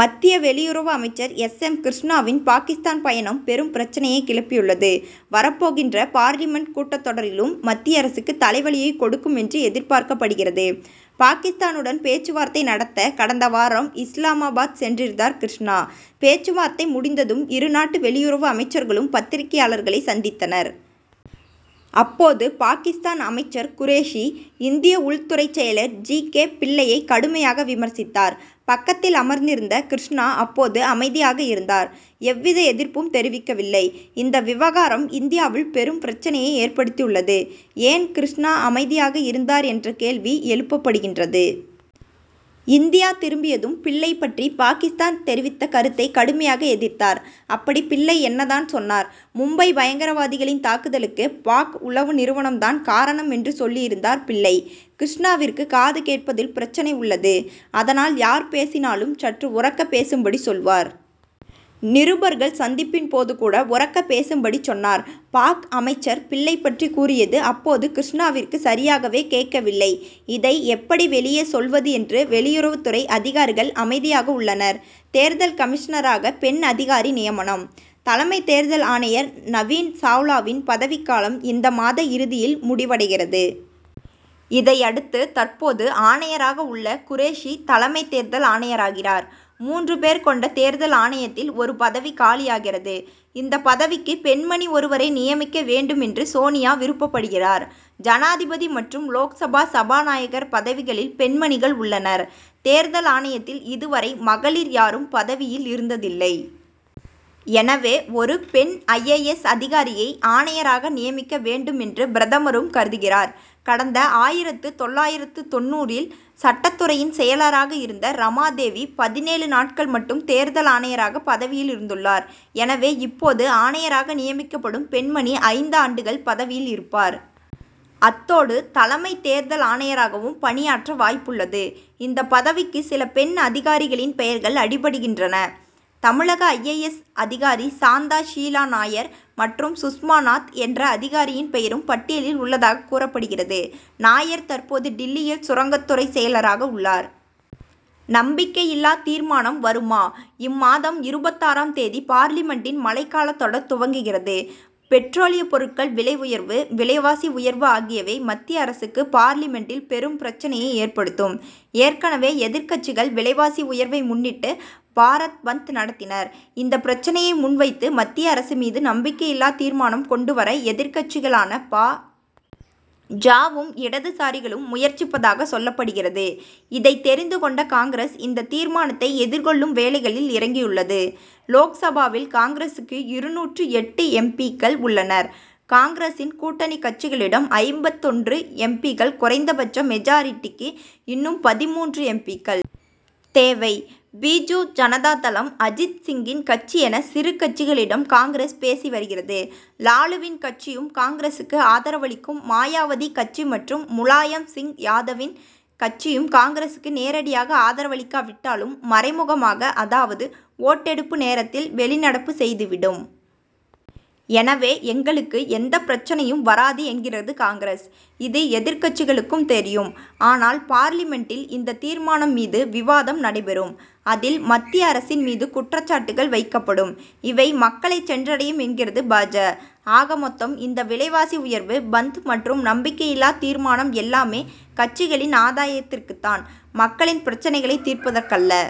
மத்திய வெளியுறவு அமைச்சர் எஸ். எம். கிருஷ்ணாவின் பாகிஸ்தான் பயணம் பெரும் பிரச்னையைக் கிளப்பியுள்ளது. வரப்போகின்ற பார்லிமென்ட் கூட்டத் தொடரிலும், மத்திய அரசுக்கு தலைவலியைக் கொடுக்கும் என்று எதிர்பார்க்கப்படுகிறது. பாகிஸ்தானுடன் பேச்சுவார்த்தை நடத்த கடந்த வாரம் இஸ்லாமாபாத் சென்றிருந்தார் கிருஷ்ணா. பேச்சுவார்த்தை முடிந்ததும், இருநாட்டு வெளியுறவு அமைச்சர்களும் பத்திரிகையாளர்களைச் சந்தித்தனர். அப்போது பாகிஸ்தான் அமைச்சர் குரேஷி, இந்திய உள்துறை செயலர் ஜி. கே. பிள்ளையை கடுமையாக விமர்சித்தார். பக்கத்தில் அமர்ந்திருந்த கிருஷ்ணா அப்போது அமைதியாக இருந்தார்; எந்தவித எதிர்ப்பும் தெரிவிக்கவில்லை. இந்த விவகாரம் இந்தியாவில் பெரும் பிரச்னையை ஏற்படுத்தியுள்ளது. ஏன் கிருஷ்ணா அமைதியாக இருந்தார் என்ற கேள்வி எழுப்பப்படுகின்றது. இந்தியா திரும்பியதும், பிள்ளை பற்றி பாகிஸ்தான் தெரிவித்த கருத்தை கடுமையாக எதிர்த்தார். அப்படி பிள்ளை என்ன தான் சொன்னார்? மும்பை பயங்கரவாதிகளின் தாக்குதலுக்கு பாக்., உளவு நிறுவனம் தான் காரணம்' என்று சொல்லியிருந்தார் பிள்ளை. கிருஷ்ணாவிற்கு காது கேட்பதில் பிரச்னை உள்ளது. அதனால், யார் பேசினாலும் சற்று உரக்க பேசும்படி சொல்வார். நிருபர்கள் சந்திப்பின் போது கூட உரக்க பேசும்படி சொன்னார். பாக்., அமைச்சர், பிள்ளை பற்றி கூறியது, அப்போது கிருஷ்ணாவிற்கு சரியாகவே கேட்கவில்லை. இதை எப்படி வெளியே சொல்வது என்று, வெளியுறவுத்துறை அதிகாரிகள் அமைதியாக உள்ளனர். தேர்தல் கமிஷனராக பெண் அதிகாரி நியமனம்? தலைமை தேர்தல் ஆணையர் நவீன் சாவ்லாவின் பதவிக் காலம், இந்த மாத இறுதியில் முடிவடைகிறது. இதையடுத்து, தற்போது ஆணையராக உள்ள குரேஷி தலைமை தேர்தல் ஆணையராகிறார். மூன்று பேர் கொண்ட தேர்தல் ஆணையத்தில் ஒரு பதவி காலியாகிறது. இந்த பதவிக்கு பெண்மணி ஒருவரை நியமிக்க வேண்டும் என்று சோனியா விருப்பப்படுகிறார். ஜனாதிபதி மற்றும் லோக்சபா சபாநாயகர் பதவிகளில் பெண்மணிகள் உள்ளனர். தேர்தல் ஆணையத்தில் இதுவரை மகளிர் யாரும் பதவியில் இருந்ததில்லை. எனவே, ஒரு பெண் ஐ. ஏ. எஸ்., அதிகாரியை ஆணையராக நியமிக்க வேண்டும் என்று பிரதமரும் கருதுகிறார். கடந்த ஆயிரத்து தொள்ளாயிரத்து தொண்ணூறில் சட்டத்துறையின் செயலராக இருந்த ரமா தேவி, பதினேழு நாட்கள் மட்டும் தேர்தல் ஆணையராக பதவியில் இருந்துள்ளார். எனவே, இப்போது ஆணையராக நியமிக்கப்படும் பெண்மணி, ஐந்து ஆண்டுகள் பதவியில் இருப்பார். அத்தோடு தலைமை தேர்தல் ஆணையராகவும் பணியாற்ற வாய்ப்புள்ளது. இந்த பதவிக்கு சில பெண் அதிகாரிகளின் பெயர்கள் அடிபடுகின்றன. தமிழக ஐ. ஏ. எஸ்., அதிகாரி சாந்தா ஷீலா நாயர் மற்றும் சுஷ்மா நாத் என்ற அதிகாரியின் பெயரும் பட்டியலில் உள்ளதாகக் கூறப்படுகிறது. நாயர் தற்போது டில்லியில் சுரங்கத்துறை செயலராக உள்ளார். நம்பிக்கையில்லா தீர்மானம் வருமா? இம்மாதம் இருபத்தாறாம் தேதி பார்லிமென்டின் மழைக்காலத் தொடர் துவங்குகிறது. பெட்ரோலியப் பொருட்கள் விலை உயர்வு, விலைவாசி உயர்வு ஆகியவை மத்திய அரசுக்கு பார்லிமென்ட்டில் பெரும் பிரச்னையை ஏற்படுத்தும். ஏற்கனவே எதிர்க்கட்சிகள் விலைவாசி உயர்வை முன்னிட்டு, பாரத் பந்த் நடத்தினர். இந்த பிரச்னையை முன் வைத்து மத்திய அரசு மீது நம்பிக்கையில்லா தீர்மானம் கொண்டு வர எதிர்க்கட்சிகளான பா. ஜ.,வும், இடதுசாரிகளும் முயற்சிப்பதாகச் சொல்லப்படுகிறது. இதை தெரிந்து கொண்ட காங்கிரஸ் இந்த தீர்மானத்தை எதிர்க்கொள்ளும் வேலைகளில் இறங்கியுள்ளது. லோக்சபாவில் காங்கிரசுக்கு இருநூற்று எட்டு எம். பி.,க்கள் உள்ளனர். காங்கிரசின் கூட்டணி கட்சிகளிடம் ஐம்பத்தொன்று எம். பி.,க்கள். குறைந்த பட்ச மெஜாரிட்டிக்கு இன்னும் பதிமூன்று எம். பி.,க்கள் தேவை. பிஜு ஜனதா தளம், அஜித் சிங்கின் கட்சி என சிறு கட்சிகளிடம் காங்கிரஸ் பேசி வருகிறது. லாலுவின் கட்சியும் காங்கிரசுக்கு ஆதரவளிக்கும். மாயாவதி கட்சி மற்றும் முலாயம் சிங் யாதவின் கட்சியும் காங்கிரசுக்கு நேரடியாக ஆதரவளிக்காவிட்டாலும், மறைமுகமாக, அதாவது ஓட்டெடுப்பு நேரத்தில் வெளிநடப்பு செய்துவிடும். எனவே, எங்களுக்கு எந்த பிரச்னையும் வராது என்கிறது காங்கிரஸ். இது எதிர்க்கட்சிகளுக்கும் தெரியும். ஆனால், பார்லிமென்டில் இந்த தீர்மானம் மீது விவாதம் நடைபெறும். அதில், மத்திய அரசின் மீது குற்றச்சாட்டுகள் வைக்கப்படும். இவை மக்களை சென்றடையும் என்கிறது பா. ஜ., ஆக மொத்தம் இந்த விலைவாசி உயர்வு பந்த் மற்றும் நம்பிக்கையில்லா தீர்மானம் எல்லாமே, கட்சிகளின் ஆதாயத்திற்குத் தான், மக்களின் பிரச்னைகளை தீர்ப்பதற்கல்ல.